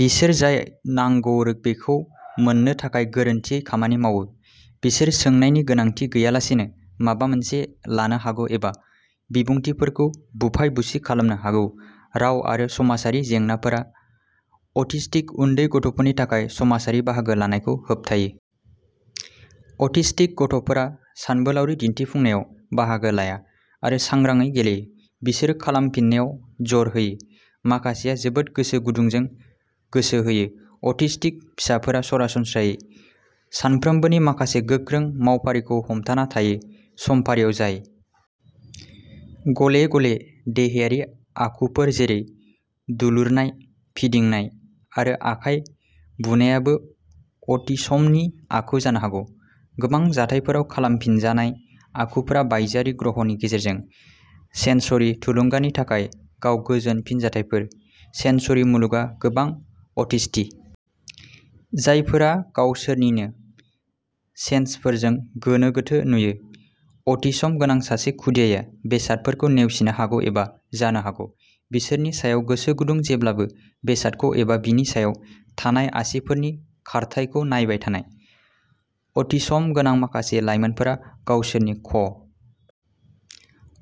बिसोर जाय नांगौ बेखौ मोननो थाखाय गोरोन्थियै खामानि मावो। बिसोर सोंनायनि गोनांथि गैयालासेनो माबा मोनसे लानो हागौ एबा बिबुंथिफोरखौ बुफाय बुसि खालामनो हागौ। राव आरो समाजारि जेंनाफोरा अटिस्टिक उन्दै गथ'फोरनि थाखाय समाजारि बाहागो लानायखौ होबथायो। अटिस्टिक गथ'फोरा सानबोलावरि दिन्थिफुंनायाव बाहागो लाया आरो सांग्राङै गेलेयो। बिसोरो खालामफिननायाव जर होयो। माखासेया जोबोद गोसो गुदुंजों गोसो होयो। अटिस्टिक फिसाफोरा सरासनस्रायै सानफ्रोमबोनि माखासे गोख्रों मावफारिखौ हमथाना थायो। समफारियाव जाय गले-गले देहायारि आखुफोर जेरै दुलुरनाय, फिदिंनाय, आरो आखाइ बुनायाबो अटिसमनि आखु जानो हागौ। गोबां जाथायफोराव खालामफिनजानाय आखुफोरा बायजोआरि ग्रहनि गेजेरजों सेन्सरि थुलुंगानि थाखाय गाव गोजोन फिनजाथायफोर। सेन्सरि मुलुगआ गोबां अटिस्टिक जायफोरा गावसोरनिनो सेन्सफोरजों गोनो-गोथो नुयो। अटिसम गोनां सासे खुदियाया बेसादफोरखौ नेवसिनो हागौ एबा जानो हागौ। बिसोरनि सायाव गोसो गुदुं जेब्लाबो बेसादखौ एबा बिनि सायाव थानाय आसिफोरनि खारथायखौ नायबाय थानाय। अटिस्म गोनां माखासे लाइमोनफोरा गावसोरनि खर'खौ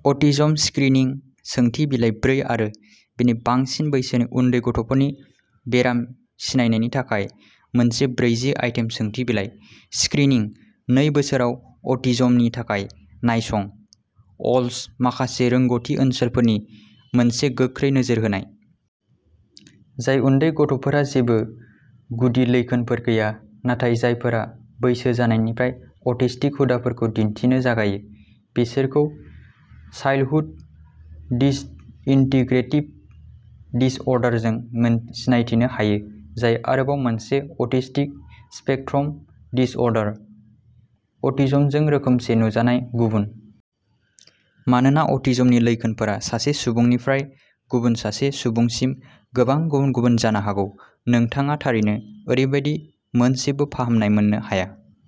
बुनानै एबा आसिफोरखौ फिदिंनानै नुथाइफोरखौ फिन होनो हागौ। अटिज्म स्क्रिनिं सोंथि बिलाइ ब्रै आरो बेनि बांसिन बैसोनि उन्दै गथ'फोरनि बेराम सिनायनायनि थाखाय मोनसे ब्रैजि आइटेम सोंथि बिलाइ। स्क्रिनिं नै बोसोराव अटिज्मनि थाखाय नायसं। अल्डस माखासे रोंग'थि ओनसोलफोरनि मोनसे गोख्रै नोजोर होनाय। जाय उन्दै गथ'फोरहा जेबो गुदि लैखोनफोर गैया नाथाय जायफोरा बैसो जानायनिफ्राय अटिस्टिक हुदाफोरखौ दिन्थिनो जागायो बिसोरखौ चाइल्डहुड डिसइन्टिग्रेटिभ डिसअर्डार जों सिनायथिनो हायो। जाय आरोबाव मोनसे अटिस्टिक स्पेक्ट्रम डिसअर्डार। अटिज्मजों रोखोमसे नुजानाय गुबुन। मानोना अटिज्मनि लैखोनफोरा सासे सुबुंनिफ्राय गुबुन सासे सुबुंसिम गोबां गुबुन-गुबुन जानो हागौ। नोंथाङा थारैनो ओरैबायदि मोनसेबो फाहामनाय मोननो हाया।